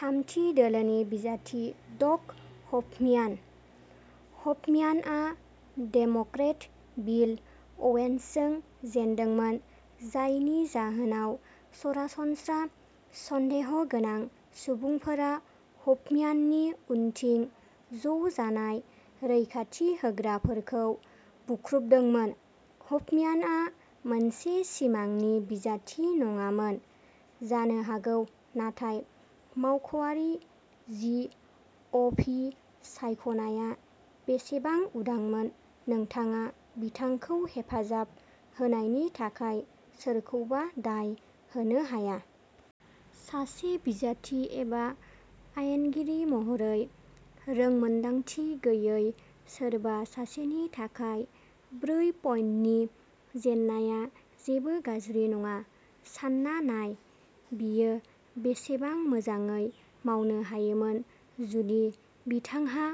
थामथि-दोलोनि बिजाथि Doug Hoffman. हफम्यानआ Democrat बिल अ'वेन्सजों जेनदोंमोन, जायनि जाहोनाव सरासनस्रा सन्देह'गोनां सुबुंफोरा हफम्याननि उनथिं ज'जानाय रैखाथि होग्राफोरखौ बुख्रुबदोंमोन। हफम्यानआ मोनसे सिमांनि बिजाथि नङामोन जानो हागौ, नाथाय मावख'आरि जि अ' फि सायख'नायआ बेसेबां उदांमोन, नोंथाङा बिथांखौ हेफाजाब होनायनि थाखाय सोरखौबा दाय होनो हाया। सासे बिजाथि एबा आयेनगिरि महरै रोंमोनदांथि गैयै सोरबा सासेनि थाखाय ब्रै-पइन्टनि जेननाया जेबो गाज्रि नङा। सानना नाय बियो बेसेबां मोजाङै मावनो हायोमोन जुदि बिथांहा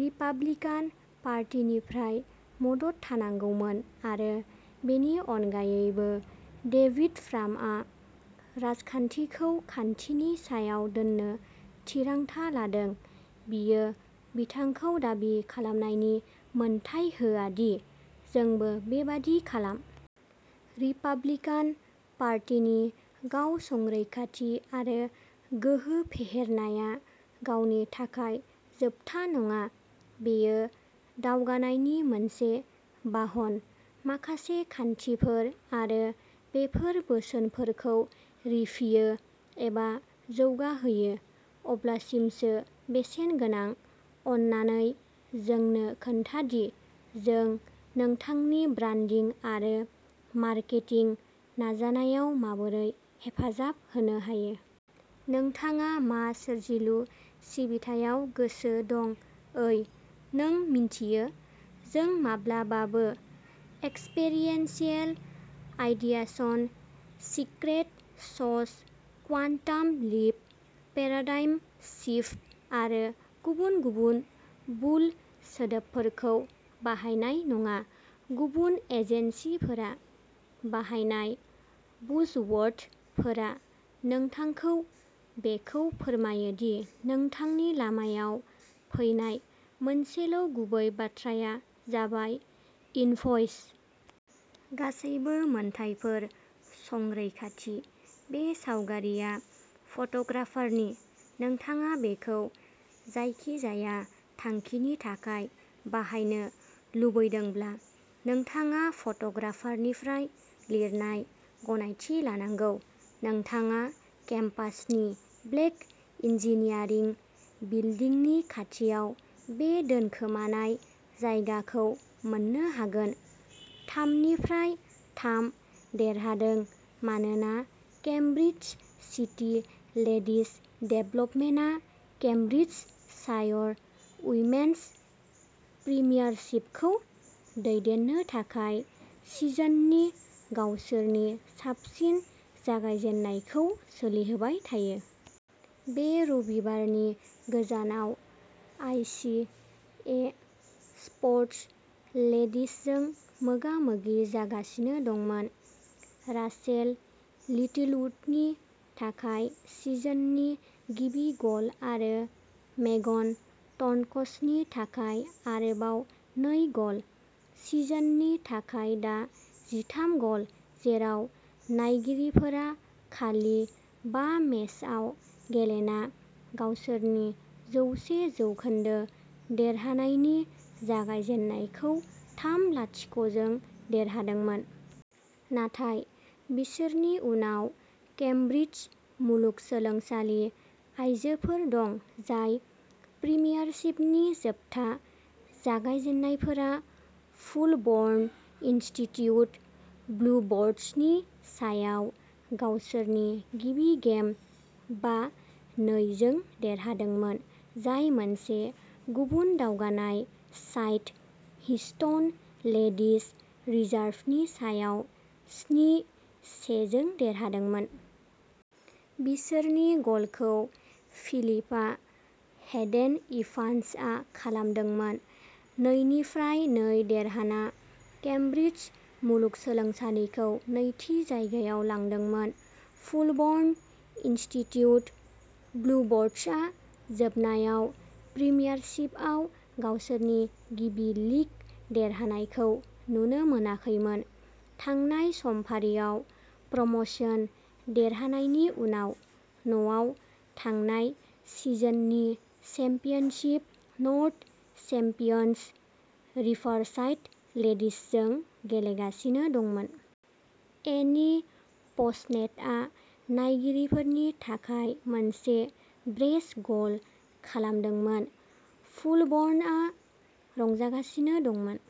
रिपाब्लिकान पार्टीनिफ्राय मदद थानांगौमोन। आरो बेनि अनगायैबो, डेभिड फ्रामआ राजखान्थिखौ खान्थिनि सायाव दोन्नो थिरांथा लादों, बियो बिथांखौ दाबि खालामनायनि मोन्थाइ होआ दि जोंबो बेबादि खालाम। रिपाब्लिकान पार्टीनि गाव-संरैखाथि आरो गोहो फेहेरनाया गावनि थाखाय जोबथा नङा-बेयो दावगानायनि मोनसे बाहन। माखासे खान्थिफोर, आरो बेफोर बोसोनफोरखौ रिफियो एबा जौगाहोयो अब्लासिमसो बेसेन गोनां। अन्नानै जोंनो खोन्था दि जों नोंथांनि ब्रान्डिं आरो मार्केटिं नाजानायाव माबोरै हेफाजाब होनो हायो। नोंथाङा मा सोरजिलु सिबिथायाव गोसो दं? ओइ, नों मिन्थियो। जों माब्लाबाबो एक्सपेरिएन्शियेल, आइडियासन, secret sauce, quantum leap, paradigm shift आरो गुबुन गुबुन बुल सोदोबफोरखौ बाहायनाय नङा। गुबुन एजेन्सिफोरा बाहायनाय बुजवर्डफोरा नोंथांखौ बेखौ फोरमायो दि नोंथांनि लामायाव फैनाय मोनसेल' गुबै बाथ्राया जाबाय इनभ'यस। गासैबो मोनथायफोर संरैखाथि। बे सावगारिआ फट'ग्राफारनि। नोंथाङा बेखौ जायखिजाया थांखिनि थाखाय बाहायनो लुबैदोंब्ला, नोंथाङा फट'ग्राफारनिफ्राय लिरनाय गनायथि लानांगौ। नोंथाङा केम्पासनि ब्लेक इन्जिनियारिं बिल्दिंनि खाथियाव बे दोनखोमानाय जायगाखौ मोन्नो हागोन। थाम निफ्राय थाम देरहादों मानोना केम्ब्रिज सिटी लेडिज डेभलपमेन्टआ केम्ब्रिजशायर उइमेन'स प्रिमियारशिपखौ दैदेननो थाखाय सिजननि गावसोरनि साबसिन जागायजेन्नायखौ सोलिहोबाय थायो। बे रबिबारनि गोजानाव आइ सि ए स्प'र्टस लेडिजजों मोगा-मोगि जागासिनो दंमोन। राचेल लिटिलवुडनि थाखाय सिजननि गिबि गल आरो मेगन टन्कसनि थाखाय आरोबाव नै गल, सिजननि थाखाय दा जिथाम गल, जेराव नायगिरिफोरा खालि बा मेचआव गेलेना गावसोरनि जौसे जौखोन्दो देरहानायनि जागायजेन्नायखौ थाम-लाथिक' जों देरहादोंमोन। नाथाय बिसोरनि उनाव केमब्रिज मुलुगसोलोंसालि आयजोफोर दं, जाय प्रिमियारशिपनि जोबथा जागायजेन्नायफोरा फुलबर्न इनस्टिट्युट ब्लुबर्डसनि सायाव गावसोरनि गिबि गेम बा-नै जों देरहादोंमोन, जाय मोनसे गुबुन दावगानाय साइड, हिस्टन लेडिज रिजार्भनि सायाव स्नि-से जों देरहादोंमोन। बिसोरनि गलखौ फिलिपा हेडेन-इभान्सआ खालामदोंमोन। नै निफ्राय नै देरहाना केमब्रिज मुलुगसोलोंसालिखौ नैथि जायगायाव लांदोंमोन। फुलबर्न इनस्टिट्युट ब्लुबर्डसआ जोबनायाव प्रिमियारशिपआव गावसोरनि गिबि लीग देरहानायखौ नुनो मोनाखैमोन थांनाय समफारियाव प्रम'शन देरहानायनि उनाव। न'आव थांनाय सिजननि चेम्पियनशिप नर्थ चेम्पियन्स, रिभारसाइड लेडिजजों गेलेगासिनो दंमोन। एनि पसनेटआ नायगिरिफोरनि थाखाय मोनसे ब्रेस गल खालामदोंमोन, फुलबर्नआ रंजागासिनो दंमोन।